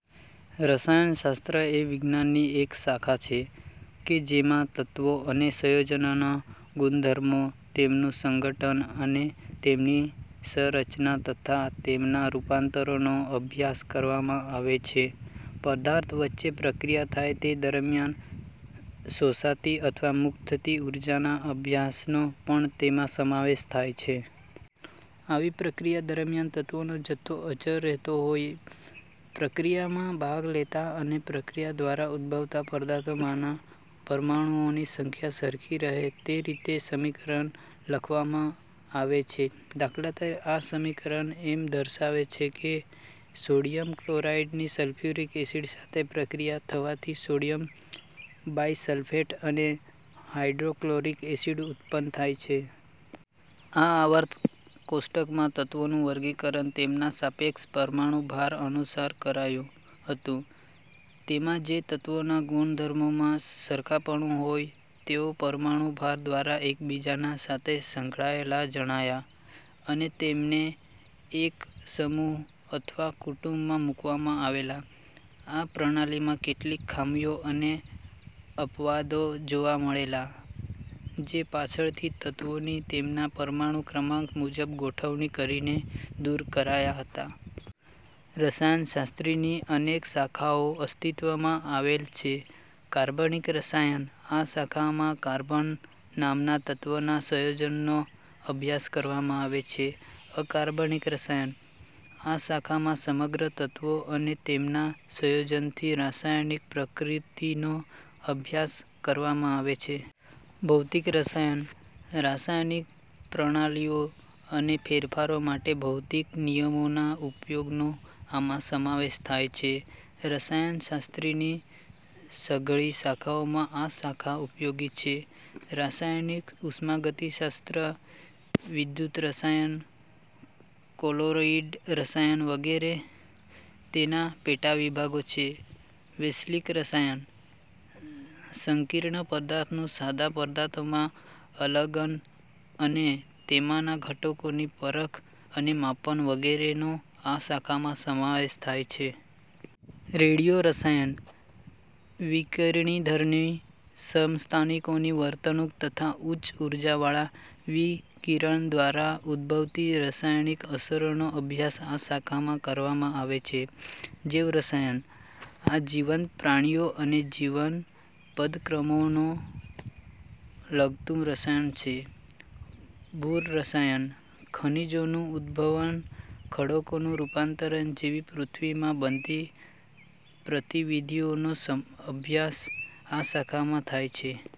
રસાયણ શાસ્ત્ર એ વિજ્ઞાનની એક શાખા છે કે જેમાં તત્વો અને સંયોજનોના ગુણધર્મો, તેમનું સંઘટન અને તેમની સંરચના તથા તેમનાં રૂપાંતરોનો અભ્યાસ કરવામાં આવે છે. પદાર્થ વચ્ચે પ્રક્રિયા થાય તે દરમિયાન શોષાતી અથવા મુક્ત થતી ઊર્જાના અભ્યાસનો પણ તેમાં સમાવેશ થાય છે. આવી પ્રક્રિયા દરમિયાન તત્વોનો જથ્થો અચળ રહેતો હોઈ પ્રક્રિયામાં ભાગ લેતા અને પ્રક્રિયા દ્વારા ઉદભવતા પદાર્થોમાંના પરમાણુઓની સંખ્યા સરખી રહે તે રીતે સમીકરણ લખવામાં આવે છે; દા. ત., આ સમીકરણ એમ દર્શાવે છે કે સોડિયમ ક્લોરાઈડ ની સલ્ફ્યુરિક ઍસિડ સાથે પ્રક્રિયા થવાથી સોડિયમ બાઇસલ્ફેટ અને હાઇડ્રોક્લોરિક ઍસિડ ઉત્પન્ન થાય છે. આ આવર્ત કોષ્ટકમાં તત્વોનું વર્ગીકરણ તેમના સાપેક્ષ પરમાણુભાર અનુસાર કરાયું હતું. તેમાં જે તત્વોના ગુણધર્મોમાં સરખાપણું હોય તેઓ પરમાણુભાર દ્વારા એકબીજા સાથે સંકળાયેલા જણાયા અને તેમને એક સમૂહ અથવા કુટુંબમાં મૂકવામાં આવેલા. આ પ્રણાલીમાં કેટલીક ખામીઓ અને અપવાદો જોવા મળેલા, જે પાછળથી તત્વોની તેમના પરમાણુ ક્રમાંક મુજબ ગોઠવણી કરીને દૂર કરાયા હતા. રસાયણ શાસ્ત્રની અનેક શાખાઓ અસ્તિત્વમાં આવેલ છે: કાર્બનિક રસાયણ: આ શાખામાં કાર્બન નામના તત્વનાં સંયોજનોનો અભ્યાસ કરવામાં આવે છે. અકાર્બનિક રસાયણ: આ શાખામાં સમગ્ર તત્વો અને તેમનાં સંયોજનોની રાસાયણિક પ્રકૃતિનો અભ્યાસ કરવામાં આવે છે. ભૌતિક રસાયણ: રાસાયણિક પ્રણાલિઓ અને ફેરફારો માટે ભૌતિક નિયમોના ઉપયોગનો આમાં સમાવેશ થાય છે. રસાયણ શાસ્ત્રની સઘળી શાખાઓમાં આ શાખા ઉપયોગી છે. રાસાયણિક ઉષ્માગતિશાસ્ત્ર, વિદ્યુત-રસાયણ, કૉલોરિઇડ રસાયણ વગેરે તેના પેટાવિભાગો છે. વૈશ્લેષિક રસાયણ: સંકીર્ણ પદાર્થોનું સાદા પદાર્થોમાં અલગન અને તેમાંના ઘટકોની પરખ અને માપન વગેરેનો આ શાખામાં સમાવેશ થાય છે. રેડિયો-રસાયણ: વિકિરણધરને સમસ્થાનિકોની વર્તણૂક તથા ઉચ્ચ ઊર્જાવાળાં વિકિરણ દ્વારા ઉદભવતી રાસાયણિક અસરોનો અભ્યાસ આ શાખામાં કરવામાં આવે છે. જૈવરસાયણ: આ જીવંત પ્રાણીઓ અને જીવન-પ્રક્રમોને લગતું રસાયણ શાસ્ત્ર છે. ભૂરસાયણ: ખનિજોનું ઉદભવન, ખડકોનું રૂપાંતરણ જેવી પૃથ્વીમાં બનતી પ્રતીવીધિઓનો અભ્યાસ આ શાખામાં થાય છે.